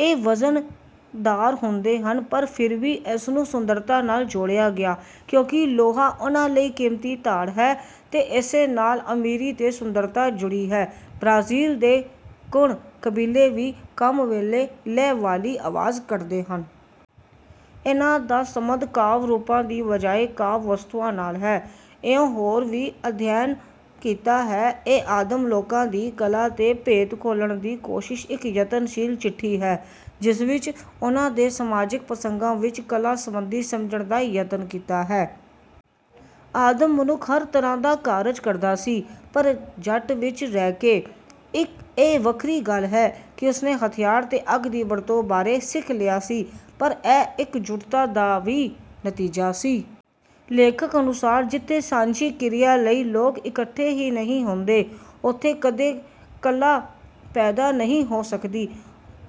ਇਹ ਵਜ਼ਨਦਾਰ ਹੁੰਦੇ ਹਨ ਪਰ ਫਿਰ ਵੀ ਇਸ ਨੂੰ ਸੁੰਦਰਤਾ ਨਾਲ ਜੋੜਿਆ ਗਿਆ ਕਿਉਂਕਿ ਲੋਹਾ ਉਹਨਾਂ ਲਈ ਕੀਮਤੀ ਧਾਤ ਹੈ ਤੇ ਇਸੇ ਨਾਲ ਅਮੀਰੀ ਤੇ ਸੁੰਦਰਤਾ ਜੁੜੀ ਹੈ। ਬ੍ਰਾਜ਼ੀਲ ਦੇ ਕੁਣ ਕਬੀਲੇ ਵੀ ਕੰਮ ਵੇਲੇ ਲੈਅਵਾਲੀ ਆਵਾਜ਼ ਕੱਢਦੇ ਹਨ। ਇਹਨਾਂ ਦਾ ਸੰਬੰਧ ਕਾਵਿ ਰੂਪਾਂ ਦੀ ਬਜਾਏ ਕਾਵਿ ਵਸਤੂਆਂ ਨਾਲ ਹੈ। ਇਉਂ ਹੋਰ ਵੀ ਅਧਿਐਨ ਕੀਤਾ ਹੈ। ਇਹ ਆਦਿਮ ਲੋਕਾਂ ਦੀ ਕਲਾ ਦੇ ਭੇਤ ਖੋਲਣ ਦੀ ਕੋਸ਼ਿਸ਼ ਵਿੱਚ ਯਤਨਸ਼ੀਲ ਚਿੱਠੀ ਹੈ। ਜਿਸ ਵਿੱਚ ਉਹਨਾਂ ਦੇ ਸਮਾਜਿਕ ਪ੍ਰਸੰਗਾਂ ਵਿੱਚ ਕਲਾ ਸੰਬੰਧੀ ਸਮਝਣ ਦਾ ਯਤਨ ਕੀਤਾ ਹੈ। ਆਦਿਮ ਮਨੁੱਖ ਹਰ ਤਰ੍ਹਾਂ ਦਾ ਕਾਰਜ ਕਰਦਾ ਸੀ ਪਰ ਜੱਟ ਵਿੱਚ ਰਹਿ ਕੇ। ਇਹ ਵੱਖਰੀ ਗੱਲ ਹੈ ਕਿ ਉਸਨੇ ਹਥਿਆਰ ਤੇ ਅੱਗ ਦੀ ਵਰਤੋਂ ਬਾਰੇ ਸਿੱਖ ਲਿਆ ਸੀ ਪਰ ਇਹ ਇਕਜੁੱਟਤਾ ਦਾ ਹੀ ਨਤੀਜਾ ਸੀ। ਲੇਖਕ ਅਨੁਸਾਰ ਜਿੱਥੇ ਸਾਂਝੀ ਕਿਰਿਆ ਲਈ ਲੋਕ ਇਕੱਠੇ ਹੀ ਨਹੀਂ ਹੁੰਦੇ ਉੱਥੇ ਕਦੇ ਕਲਾ ਪੈਦਾ ਨਹੀਂ ਹੋ ਸਕਦੀ।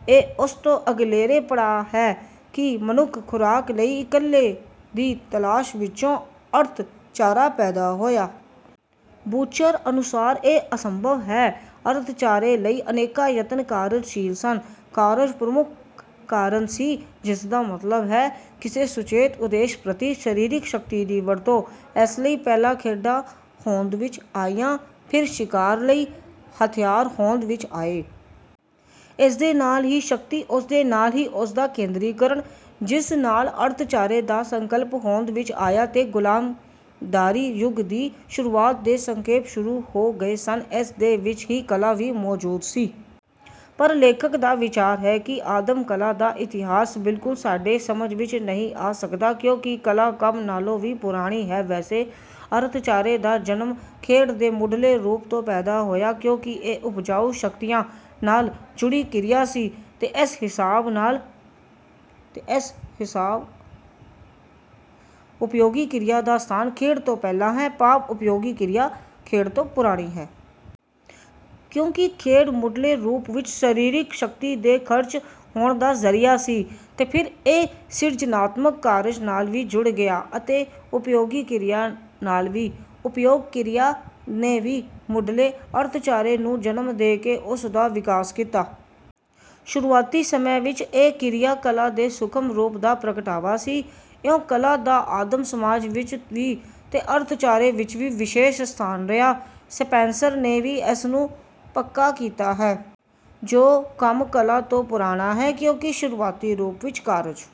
ਇਹ ਉਸ ਤੋਂ ਅਗਲੇਰੇ ਪੜਾਅ ਹੈ ਕਿ ਮਨੁੱਖ ਖੁਰਾਕ ਲਈ ਇਕੱਲੇ ਦੀ ਤਲਾਸ਼ ਵਿੱਚੋਂ ਅਰਥਚਾਰਾ ਪੈਦਾ ਹੋਇਆ। ਬੂਚਰ ਅਨੁਸਾਰ ਇਹ ਅਸੰਭਵ ਹੈ। ਅਰਥਚਾਰੇ ਲਈ ਅਨੇਕਾਂ ਯਤਨ ਕਾਰਜਸ਼ੀਲ ਸਨ। ਕਾਰਜ ਪ੍ਰਮੁੱਖ ਕਾਰਨ ਸੀ ਜਿਸ ਦਾ ਮਤਲਬ ਹੈ ਕਿਸੇ ਸੁਚੇਤ ਉਦੇਸ਼ ਪ੍ਰਤੀ ਸਰੀਰਕ ਸ਼ਕਤੀ ਦੀ ਵਰਤੋਂ। ਇਸ ਲਈ ਪਹਿਲਾਂ ਖੇਡਾਂ ਹੋਂਦ ਵਿੱਚ ਆਈਆਂ ਫਿਰ ਸ਼ਿਕਾਰ ਲਈ ਹਥਿਆਰ ਹੋਂਦ ਵਿੱਚ ਆਏ। ਇਸ ਦੇ ਨਾਲ ਹੀ ਸ਼ਕਤੀ ਉਸਦੇ ਨਾਲ ਹੀ ਉਸਦਾ ਕੇਂਦਰੀਕਰਨ ਜਿਸ ਨਾਲ ਅਰਥਚਾਰੇ ਦਾ ਸੰਕਲਪ ਹੋਂਦ ਵਿੱਚ ਆਇਆ ਤੇ ਗੁਲਾਮਦਾਰੀ ਯੁੱਗ ਦੀ ਸ਼ੁਰੂਆਤ ਦੇ ਸੰਕੇਤ ਸ਼ੁਰੂ ਹੋ ਗਏ ਸਨ। ਇਸ ਦੇ ਵਿੱਚ ਹੀ ਕਲਾ ਵੀ ਮੌਜੂਦ ਸੀ। ਪਰ ਲੇਖਕ ਦਾ ਵਿਚਾਰ ਹੈ ਕਿ ਆਦਿਮ ਕਲਾ ਦਾ ਇਤਿਹਾਸ ਬਿਲਕੁਲ ਸਾਡੇ ਸਮਝ ਵਿੱਚ ਨਹੀਂ ਆ ਸਕਦਾ ਕਿਉਂਕਿ ਕਲਾ ਕੰਮ ਨਾਲੋਂ ਵੀ ਪੁਰਾਣੀ ਹੈ। ਵੈਸੇ ਅਰਥਚਾਰੇ ਦਾ ਜਨਮ ਖੇਡ ਦੇ ਮੁੱਢਲੇ ਰੂਪ ਤੋਂ ਪੈਦਾ ਹੋਇਆ ਕਿਉਂਕਿ ਇਹ ਉਪਜਾਊ ਸ਼ਕਤੀਆਂ ਨਾਲ ਜੁੜੀ ਕਿਰਿਆ ਸੀ ਇਸ ਹਿਸਾਬ ਨਾਲ ਉਪਯੋਗੀ ਕਿਰਿਆ ਦਾ ਸਥਾਨ ਖੇਡ ਤੋਂ ਪਹਿਲਾ ਹੈ ਭਾਵ ਉਪਯੋਗੀ ਕਿਰਿਆ ਖੇਡ ਤੋਂ ਪੁਰਾਣੀ ਹੈ। ਕਿਉਂਕਿ ਖੇਡ ਮੁੱਢਲੇ ਰੂਪ ਵਿੱਚ ਸਰੀਰਕ ਸ਼ਕਤੀ ਦੇ ਖਰਚ ਹੋਣ ਦਾ ਜ਼ਰੀਆ ਸੀ ਤੇ ਫਿਰ ਇਹ ਸਿਰਜਨਾਤਮਕ ਕਾਰਜ ਨਾਲ ਵੀ ਜੁੜ ਗਿਆ ਅਤੇ ਉਪਯੋਗੀ ਕਿਰਿਆ ਨਾਲ ਵੀ। ਉਪਯੋਗ ਕਿਰਿਆ ਨੇ ਹੀ ਮੁੱਢਲੇ ਅਰਥਚਾਰੇ ਨੂੰ ਜਨਮ ਦੇ ਕੇ ਉਸ ਦਾ ਵਿਕਾਸ ਕੀਤਾ। ਸ਼ੁਰੂਆਤੀ ਸਮੇਂ ਵਿੱਚ ਇਹ ਕਿਰਿਆ ਕਲਾ ਦੇ ਸੂਖਮ ਰੂਪ ਦਾ ਪ੍ਰਗਟਾਵਾ ਸੀ ਇਉਂ ਕਲਾ ਦਾ ਆਦਿਮ ਸਮਾਜ ਵਿੱਚ ਵੀ ਤੇ ਅਰਥਚਾਰੇ ਵਿੱਚ ਵੀ ਵਿਸ਼ੇਸ਼ ਸਥਾਨ ਰਿਹਾ ਹੈ। ਸਪੈਂਸਰ ਨੇ ਵੀ ਇਸ ਨੂੰ ਪੱਕਾ ਕੀਤਾ ਹੈ। ਸੋ ਕੰਮ ਕਲਾ ਤੋਂ ਪੁਰਾਣਾ ਹੈ ਕਿਉਂਕਿ ਸ਼ੁਰੂਆਤੀ ਰੂਪ ਵਿੱਚ ਕਾਰਜ।